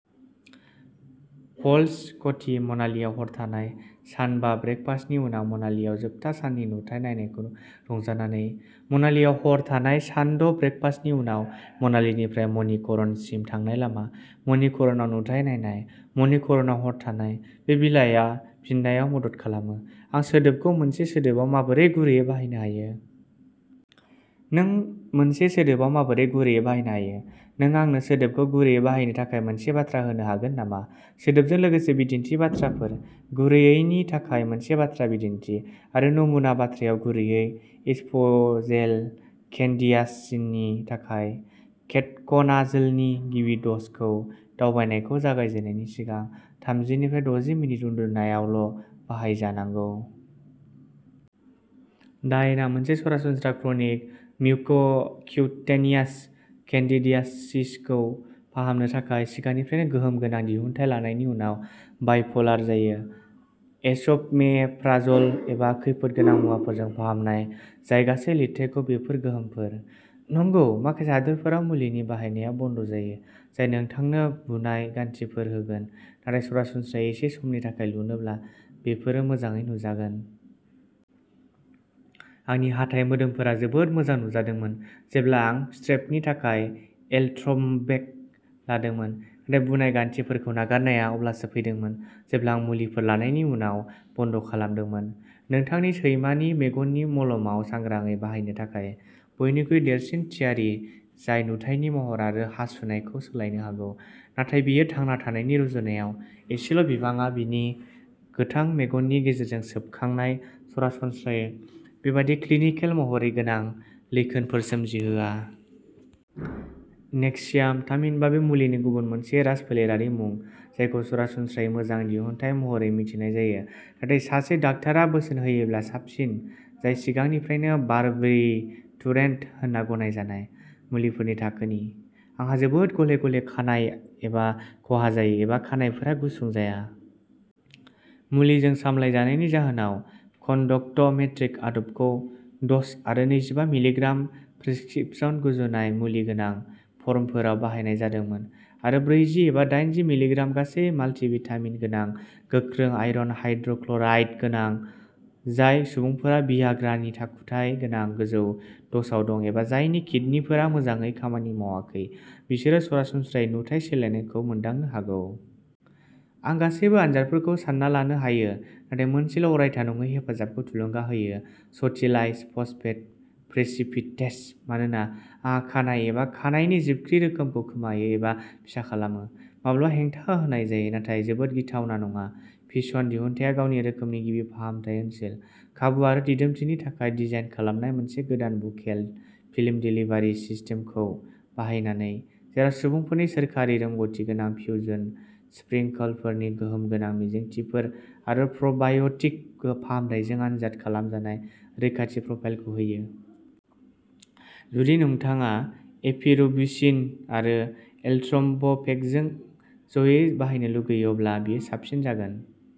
Falls, क'थि। मनालीआव हर थानाय। सान बा ब्रेकफास्टनि उनाव मनालीआव जोबथा साननि नुथाय नायनायखौ रंजानानै। मनालीआव हर थानाय। सान द' ब्रेकफास्टनि उनाव मनालीनिफ्राय मणिकरणसिम थांनाय लामा। मणिकरणआव नुथाय नायनाय। मणिकरणआव हर थानाय। बे बिलाइआ फिननायाव मदद खालामोः आं सोदोबखौ मोनसे सोदोबआव माबोरै गुरैयै बाहायनो हायो? नों मोनसे सोदोबआव माबोरै गुरैयै बाहायनो हायो? नों आंनो सोदोबखौ गुरैयै बाहायनो थाखाय मोनसे बाथ्रा होनो हागोन नामा? सोदोबजों लोगोसे बिदिन्थि बाथ्राफोर, गुरैयैनि थाखाय मोनसे बाथ्रा बिदिन्थि, आरो नमुना बाथ्राआव गुरैयै। इसफ'जेल केन्डिडियासिसनि थाखाय, केटक'नाजोलनि गिबि द'जखौ दावबायनायखौ जागायजेन्नायनि सिगां थामजि निफ्राय डजि मिनिट उन्दुनायावल'बाहायजानांगौ। डायेनआ मोनसे सरासनस्रा क्रनिक म्युक'क्युटेनियास केन्डिडियासिसखौ फाहामनो थाखाय सिगांनिफ्रायनो गोहोम गोनां दिहुनथाय लानायनि उनाव बाइप'लार जायो। एस'मेप्राज'ल एबा खैफोदगोनां मुवाफोरजों फाहामनाय जाय गासै लिरथाइखौ बेफोर गोहोमफोर। नंगौ, माखासे हादोरफोराव मुलिनि बाहायनाया बन्द'जायो, जाय नोंथांनो बुनाय गान्थिफोर होगोन, नाथाय सरासनस्रायै एसे समनि थाखाय लुनोब्ला, बेफोरो मोजाङै नुजागोन। आंनि हाथाइ मोदोमफोरा जोबोद मोजां नुजादोंमोन जेब्ला आं स्ट्रेपनि थाखाय एलट्रम्ब'पेग लादोंमोन, नाथाय बुनाय गान्थिफोरखौ नागारनाया अब्लासो फैदोंमोन जेब्ला आं मुलिफोर लानायनि उनाव बन्द'खालामदोंमोन। नोंथांनि सैमानि मेगननि मलमआव सांग्राङै बाहायनो थाखाय बयनिख्रुइ देरसिन थियारि, जाय नुथायनि महर आरो हासुनायखौ सोलायनो हागौ, नाथाय बियो थांना थानायनि रुजुनायाव एसेल'बिबांआ बिनि गोथां मेगननि गेजेरजों सोबखांनाय, सरासनस्रायै बेबादि क्लिनिकेल महरै गोनां लैखोनफोर सोमजिहोआ। नेक्सियाम थामहिनबा बे मुलिनि गुबुन मोनसे राजफोलेरारि मुं, जायखौ सरासनस्रायै मोजां दिहुनथाय महरै मिथिनाय जायो, नाथाय सासे डाक्टारा बोसोन होयोब्ला साबसिन, जाय सिगांनिफ्रायनो बार्बिटुरेट होनना गनायजानाय मुलिफोरनि थाखोनि। आंहा जोबोद गले-गले खानाय एबा खहा जायो एबा खानाइफोरा गुसुं जाया। मुलिजों सामलायजानायनि जाहोनाव। कन्डक्ट'मेट्रिक आदबखौ द'ज आरो नैजिबक मिलिग्राम प्रिस्क्रिप्शन गुजुनाय मुलि गोनां फर्मफोराव बाहायनाय जादोंमोन आरो ब्रैजि एबा दाइनजि मिलिग्राम गासै माल्टिभिटामिन गोनां गोख्रों आयरन हाइड्र'क्लराइड गोनां। जाय सुबुंफोरा भियाग्रानि आखुथाय गोनां गोजौ द'जआव दं एबा जायनि किदनिफोरा मोजाङै खामानि मावाखै, बिसोरो सरासनस्रायै नुथाइ सोलायनायखौ मोनदांनो हागौ। आं गासैबो आनजादफोरखौ सानना लानो हायो, नाथाय मोनसेल'अरायथा नङै हेफाजाबखौ थुलुंगा होयो स'टिलाइज फस्फेट प्रेसिपिटेस मानोना आंहा खानाय एबा खानायनि जिबख्रि रोखोमखौ खोमायो एबा फिसा खालामो। माब्लाबा हेंथा होनाय जायो, नाथाय जोबोद गिथावना नङा, फिसन दिहुनथाया गावनि रोखोमनि गिबि फाहामथाय ओनसोल, खाबु आरो दिदोमथिनि थाखाय डिजाइन खालामनाय मोनसे गोदान बुकेल फिल्म देलिभारि सिस्टेमखौ बाहायनानै, जेराव सुबुंफोरनो सोरखारि रोंग'थि गोनां फ्युजन स्प्रिंकलफोरनि गोहोम गोनां मिजिंथिफोर आरो प्र'बाय'टिक फाहामथायजों आनजाद खालामजानाय रैखाथि प्रफाइलखौ होयो। जुदि नोंथाङा एपिरुबिसिन आरो एलट्र'म्ब'पेगखौ ज'यै बाहायनो लुगैयो, अब्ला बेयो साबसिन जागोन।